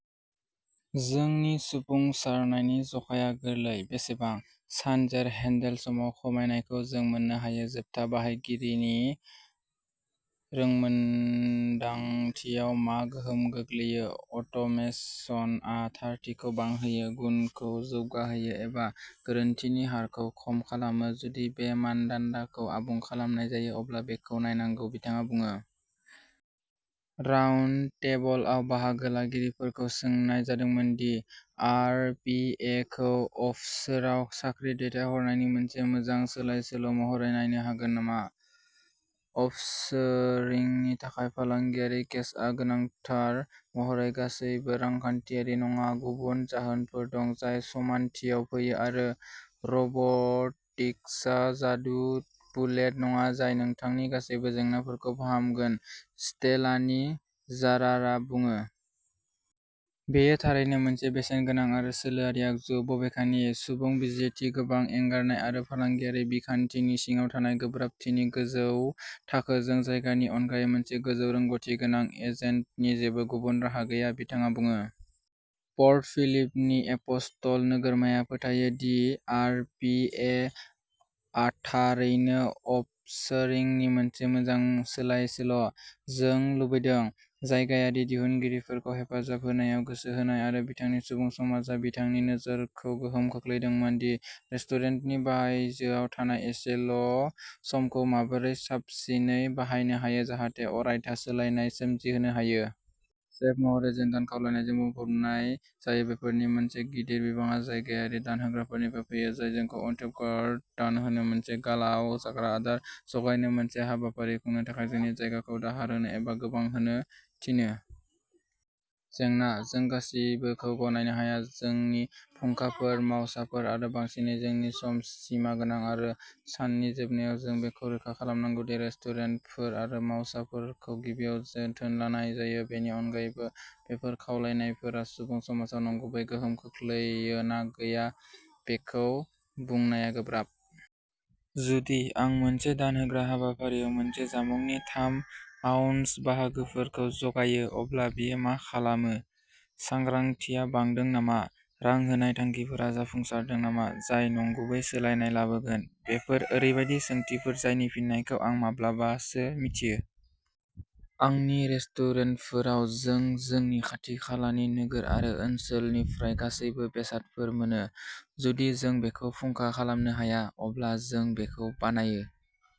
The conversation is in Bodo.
" जोंनि जाफुंसारनायनि जखाया गोरलै; बेसेबां। सानजेर हेन्डेल समाव खमायनायखौ जों मोन्नो हायो, जोबथा बाहायगिरिनि रोंमोन्दांथियाव मा गोहोम गोग्लैयो, अट'मेसनआ थारथिखौ बांहोयो, गुनखौ जौगाहोयो एबा गोरोन्थिनि हारखौ खम खालामो। जुदि बे मानदान्दाखौ आबुं खालामनाय जायो, अब्ला बेखौ नायनांगौ ", बिथाङा बुङो। राउन्डटेबलआव बाहागो लागिरिफोरखौ सोंनाय जादोंमोन दि आर. पि. ए. खौ अफशोराव साख्रि दैथायहरनायनि मोनसे मोजां सोलायसोल'महरै नायनो हागोन नामा। अफशोरिंनि थाखाय फालांगियारि केसआ गोनांथार महरै गासैबो रांखान्थियारि नङा; गुबुन जाहोनफोर दं जाय समानथियाव फैयो आरो रब'टिक्सआ जादु बुलेट नङा जाय नोंथांनि गासैबो जेंनाफोरखौ फाहामगोन, स्टेलानि जारारआ बुङो। " बेयो थारैनो मोनसे बेसेनगोनां आरो सोलोआरि आगजु, बबेखानि, सुबुं बिजिरथि, गोबां एंगारनाय आरो फालांगियारि बिखान्थिनि सिङाव थानाय गोब्राबथिनि गोजौ थाखोजों, जायगानि अनगायै मोनसे गोजौ रोंग'थि गोनां एजेन्टनि जेबो गुबुन राहा गैया ", बिथाङा बुङो। पर्ट फिलिपनि एप'स्ट'ल नोगोरमाया फोथायो दि आर. पि. ए. आ'थारैनो'अफशोरिंनि मोनसे मोजां सोलायसोल'। " जों लुबैदों। जायगायारि दिहुनगिरिफोरखौ हेफाजाब होनायाव गोसो होनाय आरो बिथांनि सुबुं समाजआ बिथांनि नोजोरखौ गोहोम खोख्लैदोंमोन दि रेस्तुरेन्तनि बायजोआव थानाय एसेल'समखौ माबोरै साबसिनै बाहायनो हायो जाहाथे अरायथा सोलायनाय सोमजिहोनो हायो। सेफ महरै, जों दान खावलायनायजों बुंफबनाय जायो। बेफोरनि मोनसे गिदिर बिबांआ जायगायारि दान होग्राफोरनिफ्राय फैयो, जाय जोंखौ अनथोब कार्ड दान होनो, मोनसे गालाआव जाग्रा आदार जगायनो, मोनसे हाबाफारि खुंनो थाखाय जोंनि जायगाखौ दाहार होनो एबा गोबां होनो थिनो। जेंनाः जों गासिबोखौ गनायनो हाया। जोंनि फुंखाफोर, मावसाफोर, आरो बांसिनै, जोंनि सम, सिमा गोनां, आरो साननि जोबनायाव जों बेखौ रोखा खालामनांगौ दि रेस्तुरेन्तफोर आरो मावसाफोरखौ गिबियाव जोथोन लानाय जायो। बेनि अनगायैबो, बेफोर खावलायनायफोरा सुबुं समाजाव नंगुबै गोहोम खोख्लैयो ना गैया बेखौ बुंनाया गोब्राब। जुदि आं मोनसे दान होग्रा हाबाफारिआव मोनसे जामुंनि थाम-आउन्स बाहागोफोरखौ जगायो, अब्ला बेयो मा खालामो? सांग्रांथिया बांदों नामा? रां होनाय थांखिफोरा जाफुंसारदों नामा जाय नंगुबै सोलायनाय लाबोगोन? बेफोर ओरैबायदि सोंथिफोर जायनि फिननायखौ आं माब्लाबासो मिथियो। आंनि रेस्टुरेन्टफोराव, जों जोंनि खाथि-खालानि नोगोर आरो ओनसोलनिफ्राय गासैबो बेसादफोर मोनोः जुदि जों बेखौ फुंखा खालामनो हाया, अब्ला जों बेखौ बानायो।